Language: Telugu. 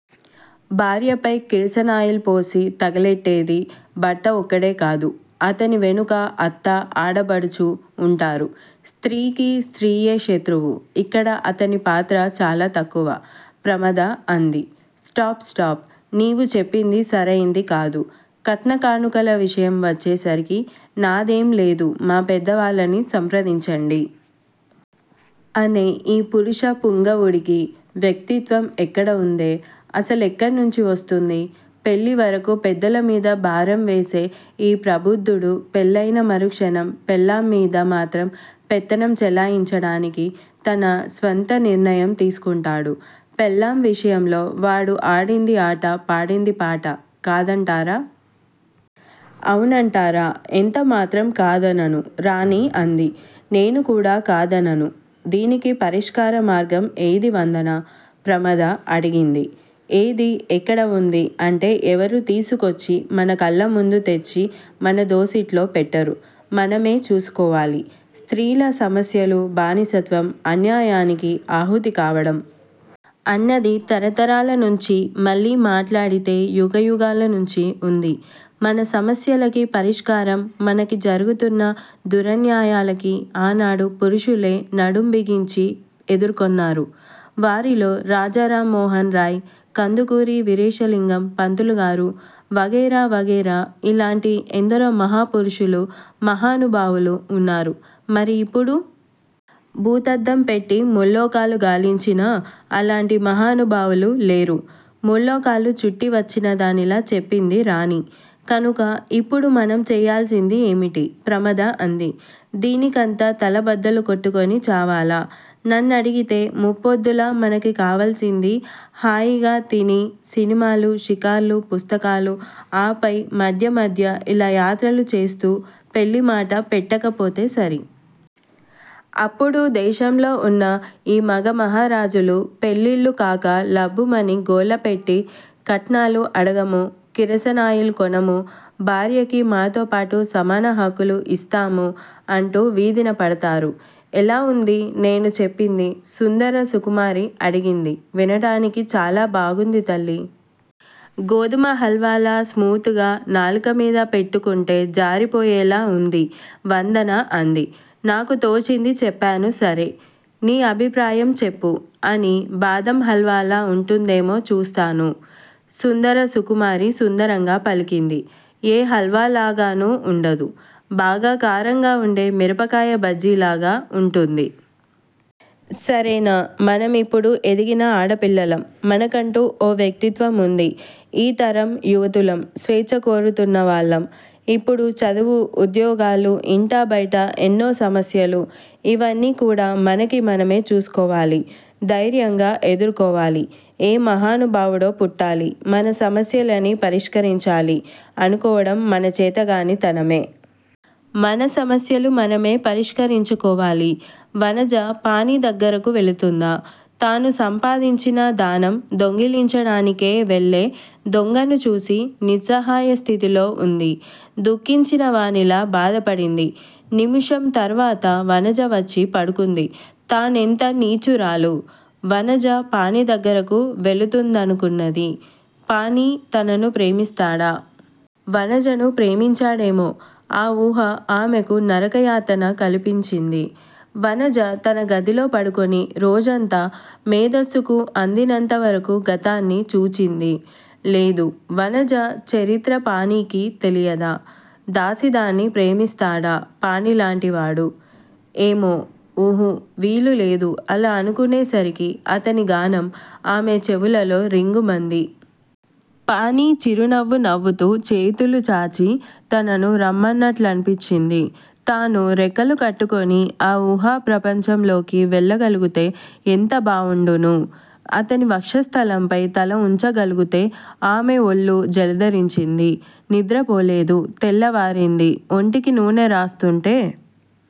భార్యపై కిరసనాయిల్ పోసి తగలెట్టేది భర్త ఒక్కడే కాదు అతని వెనుక అత్త ఆడబడుచు ఉంటారు. స్త్రీకి స్త్రీయే శత్రువు ఇక్కడ అతని పాత్ర చాలా తక్కువ. ప్రమద అంది. స్టాప్! స్టాప్! నీవు చెప్పింది సరైంది కాదు. కట్న కానుకల విషయం వచ్చేసరికి నాదేంలేదు మా పెద్దవాళ్ళని సంప్రదించండి. అనే ఈ పురుష పుంగవుడికి వ్యక్తిత్వం ఎక్కడ ఉందే? అసలెక్కడ్నించి వస్తుంది? పెళ్ళివరకు పెద్దలమీద భారం వేసే ఈ ప్రబుద్ధుడు పెళ్ళయిన మరుక్షణం పెళ్ళాంమీద మాత్రం పెత్తనం చెలాయించడానికి తన స్వంత నిర్ణయం తీసుకుంటాడు. పెళ్ళాం విషయంలో వాడు ఆడింది ఆట పాడింది పాట. కాదంటారా! ఔనంటారా! ఎంతమాత్రం కాదనను. రాణి అంది. నేను కూడా కాదనను. దీనికి పరిష్కార మార్గం ఏది వందనా? ప్రమద అడిగింది. ఏది? ఎక్కడ ఉంది? అంటే ఎవరూ తీసుకొచ్చి మన కళ్ళముందు తెచ్చి మన దోసిట్లో పెట్టరు. మనమే చూసుకోవాలి. స్త్రీల సమస్యలు బానిసత్వం అన్యాయానికి ఆహుతి కావడం. అన్నది తరతరాల నుంచి మళ్ళీ మాట్లాడితే యుగ యుగాలనుంచి ఉంది. మన సమస్యలకి పరిష్కారం మనకి జరుగుతున్న దురన్యాయాలకి ఆనాడు పురుషులే నడుంబిగించి ఎదుర్కొన్నారు. వారిలో రాజారామోహన్ రాయ్ కందుకూరి వీరేశలింగం పంతులుగారు వగైరా వగైరా ఇలాంటి ఎందరో మహాపురుషులు మహానుభావులు ఉన్నారు. మరి ఇప్పుడు? భూతద్దం పెట్టి ముల్లోకాలు గాలించినా అలాంటి మహానుభావులు లేరు. ముల్లోకాలు చుట్టి వచ్చినదానిలా చెప్పింది రాణి. కనుక ఇప్పుడు మనం చెయ్యాల్సింది ఏమిటి? ప్రమద అంది. దీనికంత తలబద్దలు కొట్టుకొని చావాలా? నన్నడిగితే ముప్పొద్దులా మనకి కావాల్సింది హాయిగా తిని సినిమాలు షికార్లు పుస్తకాలు ఆపై మధ్య మధ్య ఇలా యాత్రలు చేస్తూ పెళ్ళిమాట పెట్టకపోతే సరి. అప్పుడు దేశంలో ఉన్న ఈ మగ మహారాజులు పెళ్ళిళ్ళు కాక లబ్బుమని గోలపెట్టి కట్నాలు అడగము కిరసనాయిలు కొనము భార్యకి మాతోపాటు సమాన హక్కులు ఇస్తాము అంటూ వీధిన పడతారు. ఎలా వుంది నేను చెప్పింది సుందర సుకుమారి అడిగింది. వినటానికి చాలా బాగుంది తల్లీ! గోధుమ హల్వాలా స్మూత్ గా నాలుకమీద పెట్టుకుంటే జారిపోయేలా ఉంది వందన అంది. నాకు తోచింది చెప్పాను సరే__నీ అభిప్రాయం చెప్పు అని బాదం హల్వాలా ఉంటుందేమో చూస్తాను. సుందర సుకుమారి సుందరంగ పలికింది. ఏ హల్వాలాగాను ఉండదు. బాగా కారంగా ఉండే మిరపకాయ బజ్జిలాగ ఉంటుంది. సరేనా! మనమిప్పుడు ఎదిగిన ఆడపిల్లలం మనకంటు ఓ వ్యక్తిత్వం ఉంది. ఈ తరం యువతులం. స్వేచ్చ కోరుతున్నవాళ్ళం. ఇప్పుడు చదువు ఉద్యోగాలు ఇంటా బయట ఎన్నో సమస్యలు ఇవన్నీ కూడా మనకి మనమే చూసుకోవాలి. ధైర్యంగ ఎదుర్కోవాలి. ఏ మహానుభావుడో పుట్టాలి మన సమస్యలని పరిష్కరించాలి అనుకోవడం మనచేతగాని తనమే. మన సమస్యలు మనమే పరిష్కరించుకోవాలి। వనజ పాణి దగ్గరకు వెళుతుందా? తాను సంపాదించిన దానం దొంగిలించడానికే వెళ్ళే దొంగను చూసి నిస్సహాయస్థితిలో ఉంది దుఃఖించినవానిలా బాధపడింది. నిముషం తరువాత వనజ వచ్చి పడుకుంది. -తానెంత నీచురాలు? వనజ పాణి దగ్గరకు వెళుతూందనుకున్నది. పాణి తనను ప్రేమిస్తాడా? వనజను ప్రేమించాడేమో! ఆ ఊహ ఆమెకు నరకయాతఃన కల్పించింది. వనజ తన గదిలో పడుకోని రోజంతా మేధస్సుకు అందినంతవరకూ గతాన్ని చూచింది. లేదు, వనజ చరిత్ర పాణికి తెలియదా? దాసీదాన్ని ప్రేమిస్తాడా పాణిలాంటివాడు? ఏమో! ఉహు వీలులేదు. అలా అనుకునేసరికి అతని గానం ఆమె చెవులలో రింగుమంది. పాణి చిరునవ్వు నవ్వుతూ చేతులు చాచి తనను రమ్మన్నట్లనిపించింది. తాను రెక్కలు కట్టుకొని ఆ ఊహా ప్రపంచంలోకి వెళ్ళగలుగుతే ఎంత బావుండును? అతని వక్షస్థలంపై తల ఉంచగలుగుతే! ఆమోఒళ్ళు జలదరించింది. నిద్రపోలేదు. తెల్లవారింది. ఒంటికి నూనె రాస్తుంటే